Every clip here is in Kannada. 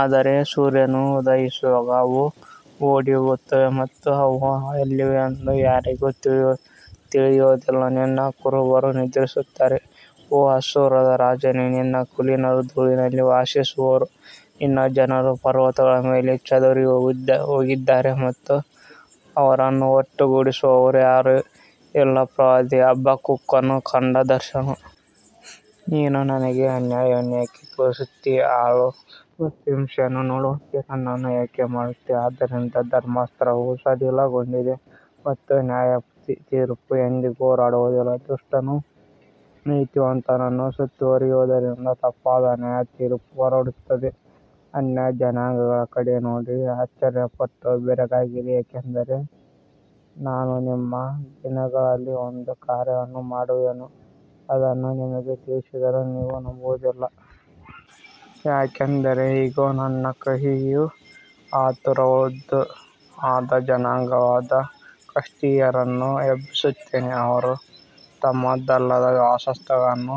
ಆದರೆ ಸೂರ್ಯನು ಉದಯಿಸಿದಾಗ ಅವು ಓಡಿಹೋಗುತ್ತವೆ ಮತ್ತು ಅವು ಎಲ್ಲಿವೆ ಎಂದು ಯಾರಿಗೂ ತಿಳಿಯುವುದಿಲ್ಲ. ನಿನ್ನ ಕುರುಬರು ನಿದ್ರಿಸುತ್ತಾರೆ, ಓ ಅಶ್ಶೂರದ ರಾಜನೇ, ನಿನ್ನ ಕುಲೀನರು ಧೂಳಿನಲ್ಲಿ ವಾಸಿಸುವರು. ನಿನ್ನ ಜನರು ಪರ್ವತಗಳ ಮೇಲೆ ಚದುರಿಹೋಗಿದ್ದಾರೆ ಮತ್ತು ಅವರನ್ನು ಒಟ್ಟುಗೂಡಿಸುವವರು ಯಾರೂ ಇಲ್ಲ. ಪ್ರವಾದಿ ಹಬಕ್ಕೂಕನು ಕಂಡ ದರ್ಶನ. ನೀನು ನನಗೆ ಅನ್ಯಾಯವನ್ನು ಏಕೆ ತೋರಿಸುತ್ತೀ? ಹಾಳು ಮತ್ತು ಹಿಂಸೆಯನ್ನು ನೋಡುವಂತೆ ನನ್ನನ್ನು ಏಕೆ ಮಾಡುತ್ತೀ? ಆದ್ದರಿಂದ ಧರ್ಮಶಾಸ್ತ್ರವು ಸಡಿಲಗೊಂಡಿದೆ ಮತ್ತು ನ್ಯಾಯತೀರ್ಪು ಎಂದಿಗೂ ಹೊರಡುವುದಿಲ್ಲ. ದುಷ್ಟನು ನೀತಿವಂತನನ್ನು ಸುತ್ತುವರಿಯುವುದರಿಂದ ತಪ್ಪಾದ ನ್ಯಾಯತೀರ್ಪು ಹೊರಡುತ್ತದೆ. ಅನ್ಯಜನಾಂಗಗಳ ಕಡೆಗೆ ನೋಡಿ, ಆಶ್ಚರ್ಯಪಟ್ಟು ಬೆರಗಾಗಿರಿ, ಏಕೆಂದರೆ ನಾನು ನಿಮ್ಮ ದಿನಗಳಲ್ಲಿ ಒಂದು ಕಾರ್ಯವನ್ನು ಮಾಡುವೆನು, ಅದನ್ನು ನಿಮಗೆ ತಿಳಿಸಿದರೂ ನೀವು ನಂಬುವುದಿಲ್ಲ. ಯಾಕಂದರೆ ಇಗೋ, ನಾನು ಕಹಿಯೂ ಆತುರವುಳ್ಳದ್ದೂ ಆದ ಜನಾಂಗವಾದ ಕಸ್ದೀಯರನ್ನು ಎಬ್ಬಿಸುತ್ತೇನೆ. ಅವರು ತಮ್ಮದಲ್ಲದ ವಾಸಸ್ಥಳಗಳನ್ನು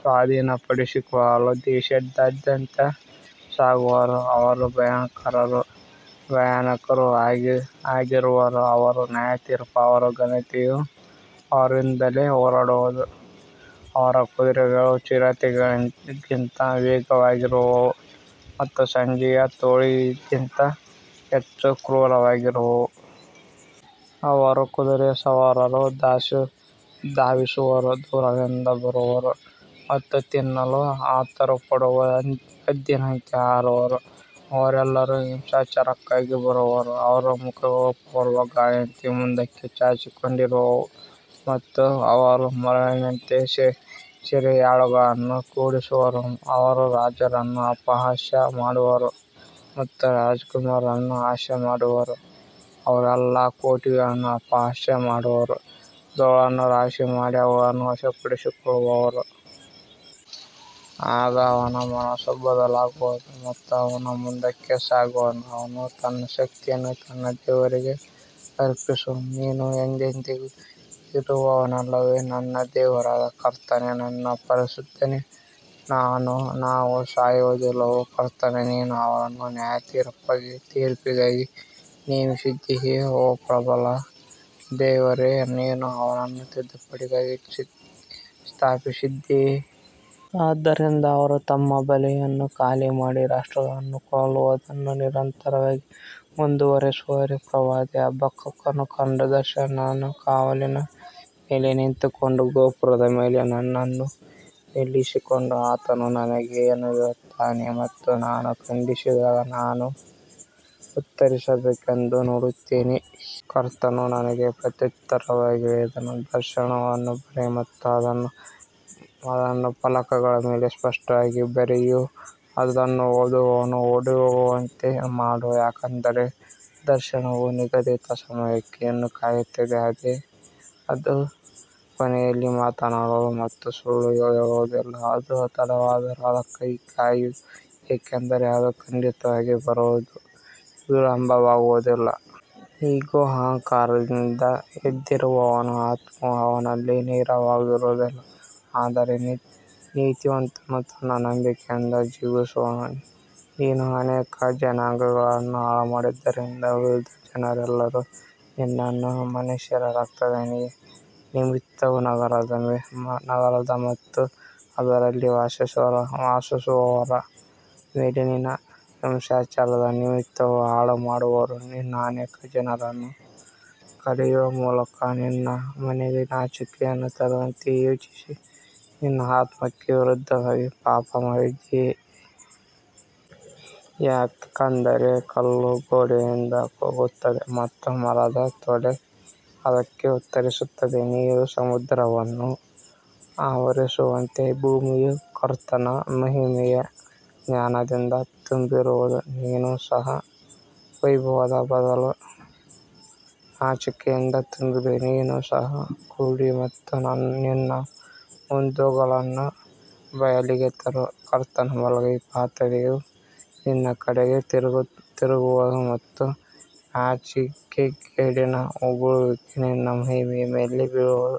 ಸ್ವಾಧೀನಪಡಿಸಿಕೊಳ್ಳಲು ದೇಶದಾದ್ಯಂತ ಸಾಗುವರು. ಅವರು ಭಯಂಕರರೂ ಭಯಾನಕರೂ ಆಗಿರುವರು. ಅವರ ನ್ಯಾಯತೀರ್ಪೂ ಅವರ ಘನತೆಯೂ ಅವರಿಂದಲೇ ಹೊರಡುವುದು. ಅವರ ಕುದುರೆಗಳು ಚಿರತೆಗಳಿಗಿಂತ ವೇಗವಾಗಿರುವವು ಮತ್ತು ಸಂಜೆಯ ತೋಳಗಳಿಗಿಂತ ಹೆಚ್ಚು ಕ್ರೂರವಾಗಿರುವವು. ಅವರ ಕುದುರೆ ಸವಾರರು ಧಾವಿಸುವರು, ದೂರದಿಂದ ಬರುವರು ಮತ್ತು ತಿನ್ನಲು ಆತುರಪಡುವ ಹದ್ದಿನಂತೆ ಹಾರುವರು. ಅವರೆಲ್ಲರೂ ಹಿಂಸಾಚಾರಕ್ಕಾಗಿ ಬರುವರು. ಅವರ ಮುಖಗಳು ಪೂರ್ವಗಾಳಿಯಂತೆ ಮುಂದಕ್ಕೆ ಚಾಚಿಕೊಂಡಿರುವವು ಮತ್ತು ಅವರು ಮರಳಿನಂತೆ ಸೆರೆಯಾಳುಗಳನ್ನು ಕೂಡಿಸುವರು. ಅವರು ರಾಜರನ್ನು ಅಪಹಾಸ್ಯ ಮಾಡುವರು ಮತ್ತು ರಾಜಕುಮಾರರನ್ನು ಹಾಸ್ಯ ಮಾಡುವರು. ಅವರು ಎಲ್ಲಾ ಕೋಟೆಗಳನ್ನು ಅಪಹಾಸ್ಯ ಮಾಡುವರು, ಧೂಳನ್ನು ರಾಶಿಮಾಡಿ ಅವುಗಳನ್ನು ವಶಪಡಿಸಿಕೊಳ್ಳುವರು. ಆಗ ಅವನ ಮನಸ್ಸು ಬದಲಾಗುವುದು ಮತ್ತು ಅವನು ಮುಂದಕ್ಕೆ ಸಾಗುವನು. ಅವನು ತನ್ನ ಶಕ್ತಿಯನ್ನು ತನ್ನ ದೇವರಿಗೆ ಅರ್ಪಿಸುವನು. ನೀನು ಎಂದೆಂದಿಗೂ ಇರುವವನಲ್ಲವೇ, ನನ್ನ ದೇವರಾದ ಕರ್ತನೇ, ನನ್ನ ಪರಿಶುದ್ಧನೇ? ನಾವು ಸಾಯುವುದಿಲ್ಲ. ಓ ಕರ್ತನೇ, ನೀನು ಅವರನ್ನು ನ್ಯಾಯತೀರ್ಪಿಗಾಗಿ ನೇಮಿಸಿದ್ದೀಯೆ. ಓ ಪ್ರಬಲ ದೇವರೇ, ನೀನು ಅವರನ್ನು ತಿದ್ದುಪಡಿಗಾಗಿ ಸ್ಥಾಪಿಸಿದ್ದೀಯೆ. ಆದ್ದರಿಂದ ಅವರು ತಮ್ಮ ಬಲೆಯನ್ನು ಖಾಲಿಮಾಡಿ, ರಾಷ್ಟ್ರಗಳನ್ನು ಕೊಲ್ಲುವುದನ್ನು ನಿರಂತರವಾಗಿ ಮುಂದುವರಿಸುವರೇ? ಪ್ರವಾದಿ ಹಬಕ್ಕೂಕನು ಕಂಡ ದರ್ಶನ. ನಾನು ನನ್ನ ಕಾವಲಿನ ಮೇಲೆ ನಿಂತುಕೊಂಡು ಗೋಪುರದ ಮೇಲೆ ನನ್ನನ್ನು ನಿಲ್ಲಿಸಿಕೊಂಡು, ಆತನು ನನಗೆ ಏನು ಹೇಳುತ್ತಾನೆ ಮತ್ತು ನಾನು ಖಂಡಿಸಿದಾಗ ನಾನು ಏನು ಉತ್ತರಿಸಬೇಕೆಂದು ನೋಡುತ್ತೇನೆ. ಕರ್ತನು ನನಗೆ ಪ್ರತ್ಯುತ್ತರವಾಗಿ ಹೇಳಿದನು, ದರ್ಶನವನ್ನು ಬರೆ ಮತ್ತು ಅದನ್ನು ಫಲಕಗಳ ಮೇಲೆ ಸ್ಪಷ್ಟವಾಗಿ ಬರೆಯು, ಅದನ್ನು ಓದುವವನು ಓಡಿಹೋಗುವಂತೆ ಮಾಡು. ಯಾಕಂದರೆ ದರ್ಶನವು ನಿಗದಿತ ಸಮಯಕ್ಕೆ ಇನ್ನೂ ಕಾಯುತ್ತಿದೆ. ಅದು ಕೊನೆಯಲ್ಲಿ ಮಾತನಾಡುವುದು ಮತ್ತು ಸುಳ್ಳು ಹೇಳುವುದಿಲ್ಲ. ಅದು ತಡವಾದರೂ ಅದಕ್ಕಾಗಿ ಕಾಯು, ಏಕೆಂದರೆ ಅದು ಖಂಡಿತವಾಗಿಯೂ ಬರುವುದು, ವಿಳಂಬವಾಗುವುದಿಲ್ಲ. ಇಗೋ, ಅಹಂಕಾರದಿಂದ ಎದ್ದಿರುವವನ ಆತ್ಮವು ಅವನಲ್ಲಿ ನೇರವಾಗಿರುವುದಿಲ್ಲ, ಆದರೆ ನೀತಿವಂತನು ತನ್ನ ನಂಬಿಕೆಯಿಂದ ಜೀವಿಸುವನು. ನೀನು ಅನೇಕ ಜನಾಂಗಗಳನ್ನು ಹಾಳುಮಾಡಿದ್ದರಿಂದ, ಉಳಿದ ಜನರೆಲ್ಲರೂ ನಿನ್ನನ್ನು ಮನುಷ್ಯರ ರಕ್ತದ ನಿಮಿತ್ತವೂ, ನಗರದ ಮತ್ತು ಅದರಲ್ಲಿ ವಾಸಿಸುವವರ ಮೇಲಿನ ಹಿಂಸಾಚಾರದ ನಿಮಿತ್ತವೂ ಹಾಳುಮಾಡುವರು. ನೀನು ಅನೇಕ ಜನರನ್ನು ಕಡಿಯುವ ಮೂಲಕ ನಿನ್ನ ಮನೆಗೆ ನಾಚಿಕೆಯನ್ನು ತರುವಂತೆ ಯೋಚಿಸಿ, ನಿನ್ನ ಆತ್ಮಕ್ಕೆ ವಿರುದ್ಧವಾಗಿ ಪಾಪಮಾಡಿದ್ದೀಯೆ. ಯಾಕಂದರೆ ಕಲ್ಲು ಗೋಡೆಯಿಂದ ಕೂಗುತ್ತದೆ ಮತ್ತು ಮರದ ತೊಲೆ ಅದಕ್ಕೆ ಉತ್ತರಿಸುತ್ತದೆ. ನೀರು ಸಮುದ್ರವನ್ನು ಆವರಿಸಿರುವಂತೆ ಭೂಮಿಯು ಕರ್ತನ ಮಹಿಮೆಯ ಜ್ಞಾನದಿಂದ ತುಂಬಿರುವುದು. ನೀನೂ ಸಹ ವೈಭವದ ಬದಲು ನಾಚಿಕೆಯಿಂದ ತುಂಬಿರುವೆ. ನೀನು ಸಹ ಕುಡಿ ಮತ್ತು ನಿನ್ನ ಮುಂದೊಗಲನ್ನು ಬಯಲಿಗೆ ತರು. ಕರ್ತನ ಬಲಗೈಯ ಪಾತ್ರೆಯು ನಿನ್ನ ಕಡೆಗೆ ತಿರುಗುವುದು ಮತ್ತು ನಾಚಿಕೆಗೇಡಿನ ಉಗುಳುವಿಕೆ ನಿನ್ನ ಮಹಿಮೆಯ ಮೇಲೆ ಬೀಳುವುದು.